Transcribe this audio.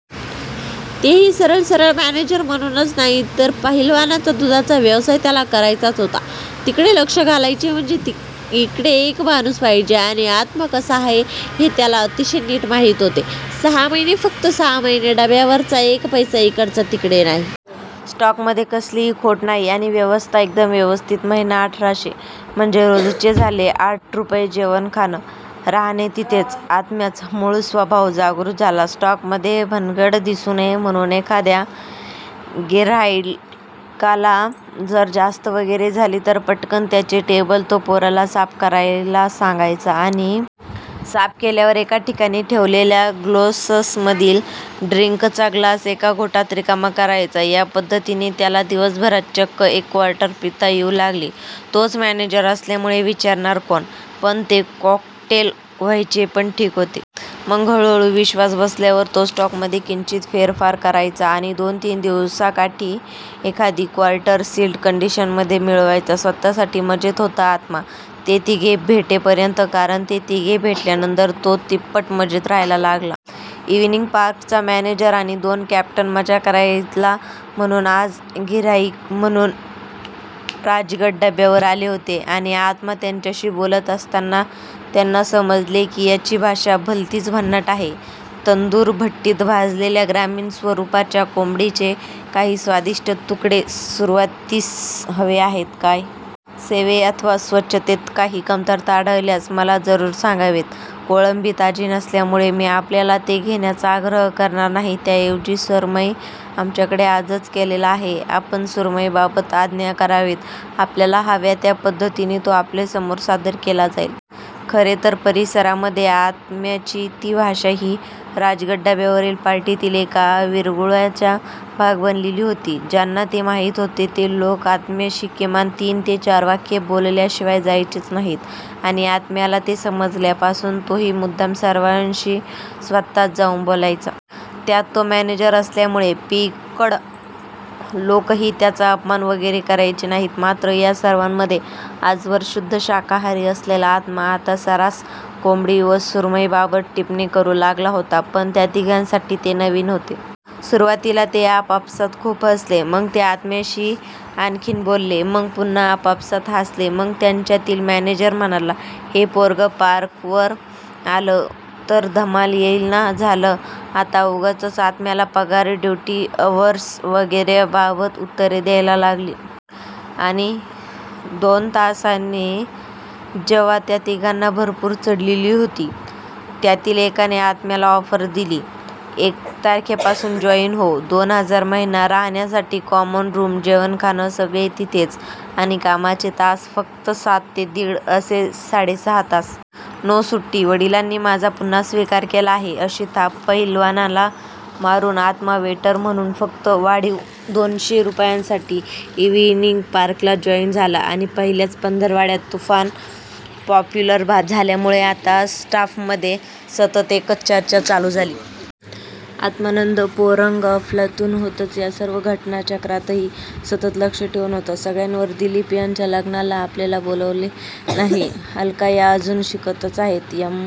तेही, सरळ सरळ मॅनेजर म्हणूनच.. नाहीतरी पहिलवानाचा दुधाचा व्यवसाय त्याला करायचाच होता. तिकडे लक्ष घालायचे म्हणजे इकडे एक माणूस पाहिजे, आणि आत्मा कसा आहे. हे त्याला अतिशय नीट माहीत होते. सहा महिने फक्त सहा महिने ढाब्यावरचा एक पैसा इकडचा तिकडे नाही. स्टॉकमध्ये कसलीही खोट नाही. आणि व्यवस्था एकदम व्यवस्थित महिना अठराशे! म्हणजे रोजचे झाले साठ रुपये जेवणखाण राहणे तिथेच, आत्म्याचा मूळ स्वभाव जागृत झाला. स्टॉकमध्ये भानगड दिसू नये म्हणून, एखाद्या गिर्हाईकाला जर जास्त वगैरे झाली तर पटकन त्याचे टेबल तो पोराला साफ करायला सांगायचा. आणि साफ केल्यावर एका ठिकाणी ठेवलेल्या ग्लासेसमधील ड्रिंकचा ग्लास एका घोटात रिकामा करायचा. या पद्धतीने त्याला दिवसभरात चक्क एक क्वार्टर पिता येऊ लागली.. तोच मॅनेजर असल्यामुळे विचारणार कोण? पण ते कॉकटेल व्हायचे पण ठीक होते. मग हळूहळू विश्वास बसल्यावर तो स्टॉकमध्ये किंचित फेरफार करायचा आणि दोन तीन दिवसाकाठी एखादी क्वार्टर सील्ड कंडिशनमध्ये मिळवायचा स्वतःसाठी मजेत होता आत्मा! ते तिघे भेटेपर्यंत! कारण, ते तिघे भेटल्यानंतर तो तिप्पट मजेत राहायला लागला. इव्हिनिंग पार्कचा मॅनेजर आणि दोन कॅप्टन मजा करायला म्हणून आज गिर्हाईक बनून राजगड ढाब्यावर आले होते. आणि आत्मा त्यांच्याशी बोलत असताना त्यांना समजले की याची भाषा भलतीच भन्नाट आहे. 'तंदुर भट्टीत भाजलेल्या ग्रामीण स्वरुपाच्या कोंबडीचे काही स्वादिष्ट तुकडे सुरुवातीस हवे आहेत काय? ' 'सेवेत अथवा स्वच्छतेत काही कमतरता आढळल्यास मला जरूर सांगावेत' 'कोळंबी ताजे नसल्यामुळे मी आपल्याला ते घेण्याचा आग्रह करणार नाही. त्या ऐवजी.. सुरमई आमच्याकडे आजच आलेला आहे. आपण सुरमईबाबत आज्ञा करावीत. आपल्याला हव्या त्या पद्धतीने तो आपल्यासमोर सादर केला जाईल. " खरे तर परिसरामध्ये आत्म्याची ती भाषा ही राजगड ढाब्यावरील पार्टीतील एक विरंगुळ्याचा भाग बनलेली होती. ज्यांना ते माहीत होतं ते लोक आत्म्याशी किमान तीन ते चार वाक्ये बोलल्याशिवाय जायचेच नाहीत. आणि आत्म्याला ते समजल्यापासून तोही मुद्दाम सर्वांशी स्वतःच जाऊन बोलायचा. त्यात तो मॅनेजर असल्यामुळे पियक्कड लोकही त्याचा अपमान वगैरे करायचे नाहीत. मात्र, या सर्वामध्ये, आजवर शुद्ध शाकाहारी असलेला आत्मा आता सर्रास कोंबडी व सुरमईबाबत टिपणे करू लागला होता. पण त्या तिघांसाठी ते नवीन होते. सुरुवातीला ते आपापसात खूप हासले. मग ते आत्म्याशी आणखीन बोलले. मग पुन्हा आपापसात हासले. मग त्यांच्यातील मॅनेजर म्हणाला, 'हे पोरगं पार्कवर आलं तर धमाल येईल ना?? ' झालं! आता उगाचच आत्म्याला पगार, ड्युटी अवर्स वगैरेबाबत उत्तरे द्यायला लागली. आणि.. दोन तासांनी.. जेव्हा त्या तिघांना भरपूर चढलेली होती.. त्यातील एकाने आत्म्याला ऑफर दिली.. एक तारखेपासून जॉईन हो.. दोन हजार महिना, राहण्यासाठी कॉमन रूम, जेवणखाण सगळे तिथेच, आणि कामाचे तास फक्त सात ते दिड असे साडे सहा तास! नो सुट्टी! 'वडिलांनी माझा पुन्हा स्वीकार केला आहे' अशी थाप पहिलवानाला मारून आत्मा वेटर म्हणून फक्त वाढीव दोनशे रुपयांसाठी इव्हिनिंग पार्कला जॉईन झाला आणि पहिल्याच पंधरवड्यात तुफान पॉप्युलर झाल्यामुळे आता स्टाफमधे सतत एकच चर्चा चालू झाली. आत्मानंद पोरगं अफलातून होतंच! या सर्व घटनाचक्रातही सतत लक्ष ठेवून होतं सगळ्यांवर दिलीप यांच्या लग्नाला आपल्याला बोलावले नाही. अलका या अजून शिकतच आहेत. एम.--